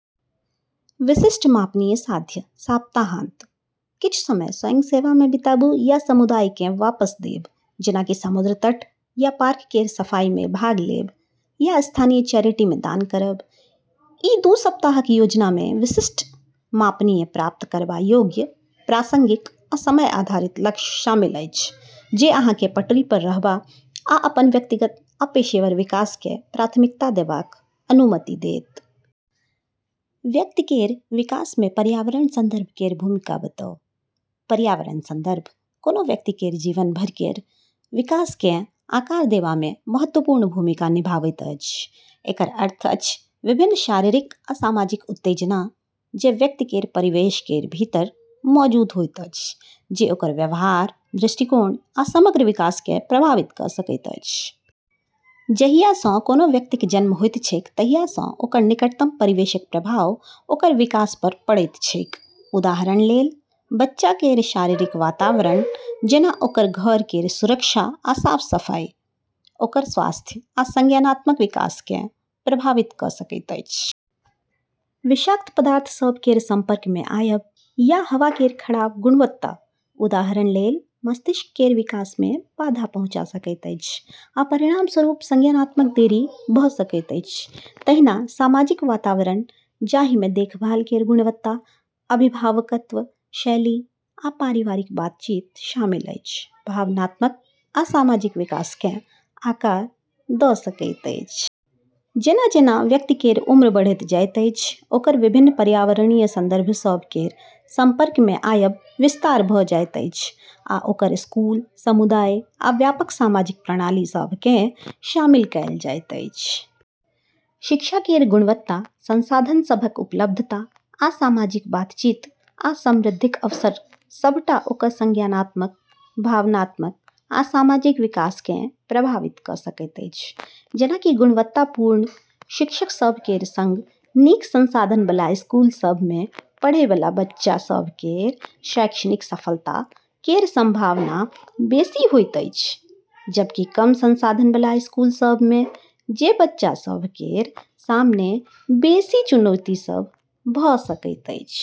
(विशिष्ट, मापनीय, साध्य) सप्ताहांत: किछु समय स्वयंसेवा मे बिताबू या समुदाय केँ वापस देब, जेना कि समुद्र तट या पार्क केर सफाई मे भाग लेब या स्थानीय चैरिटी मे दान करब। ई दू सप्ताहक योजना मे विशिष्ट, मापनीय, प्राप्त करबा योग्य, प्रासंगिक, आ समय आधारित लक्ष्य शामिल अछि, जे अहाँ केँ पटरी पर रहबा आ अपन व्यक्तिगत आ पेशेवर विकास केँ प्राथमिकता देबाक अनुमति देत। व्यक्ति केर विकास मे पर्यावरण संदर्भ केर भूमिका बताऊ। पर्यावरण संदर्भ कोनो व्यक्ति केर जीवन भरि केर विकास केँ आकार देबा मे महत्वपूर्ण भूमिका निभावैत अछि। एकर अर्थ अछि विभिन्न शारीरिक आ सामाजिक उत्तेजना जे व्यक्ति केर परिवेश केर भीतर मौजूद होइत अछि, जे ओकर व्यवहार, दृष्टिकोण आ समग्र विकास केँ प्रभावित कऽ सकैत अछि। जहिया सँ कोनो व्यक्तिक जन्म होइत छैक तहिया सँ ओकर निकटतम परिवेशक प्रभाव ओकर विकास पर पड़ैत छैक। उदाहरण लेल, बच्चा केर शारीरिक वातावरण, जेना ओकर घर केर सुरक्षा आ साफ-सफाई, ओकर स्वास्थ्य आ संज्ञानात्मक विकास केँ प्रभावित कऽ सकैत अछि। विषाक्त पदार्थ सभ केर संपर्क मे आयब या हवा केर खराब गुणवत्ता, उदाहरण लेल, मस्तिष्क केर विकास मे बाधा पहुँचा सकैत अछि आ परिणामस्वरूप संज्ञानात्मक देरी भऽ सकैत अछि। तहिना सामाजिक वातावरण, जाहि मे देखभाल केर गुणवत्ता, अभिभावकत्व शैली, आ पारिवारिक बातचीत शामिल अछि, भावनात्मक आ सामाजिक विकास केँ आकार द' सकैत अछि। जेना-जेना व्यक्ति केर उम्र बढ़ैत जाइत अछि, ओकर विभिन्न पर्यावरणीय संदर्भ सभ केर संपर्क मे आयब विस्तार भऽ जाइत अछि आ ओकर स्कूल, समुदाय आ व्यापक सामाजिक प्रणाली सभ केँ शामिल कएल जाइत अछि। शिक्षा केर गुणवत्ता, संसाधन सभक उपलब्धता, आ सामाजिक बातचीत आ समृद्धिक अवसर सभटा ओकर संज्ञानात्मक, भावनात्मक, आ सामाजिक विकास केँ प्रभावित कऽ सकैत अछि। जेना कि गुणवत्तापूर्ण शिक्षक सभ केर सँग नीक संसाधन बला स्कूल सभ मे पढ़ै बला बच्चा सभ केर शैक्षणिक सफलता केर संभावना बेसी होइत अछि, जबकि कम संसाधन बला स्कूल सभ मे जे बच्चा सभ केर सामने बेसी चुनौती सभ भऽ सकैत अछि।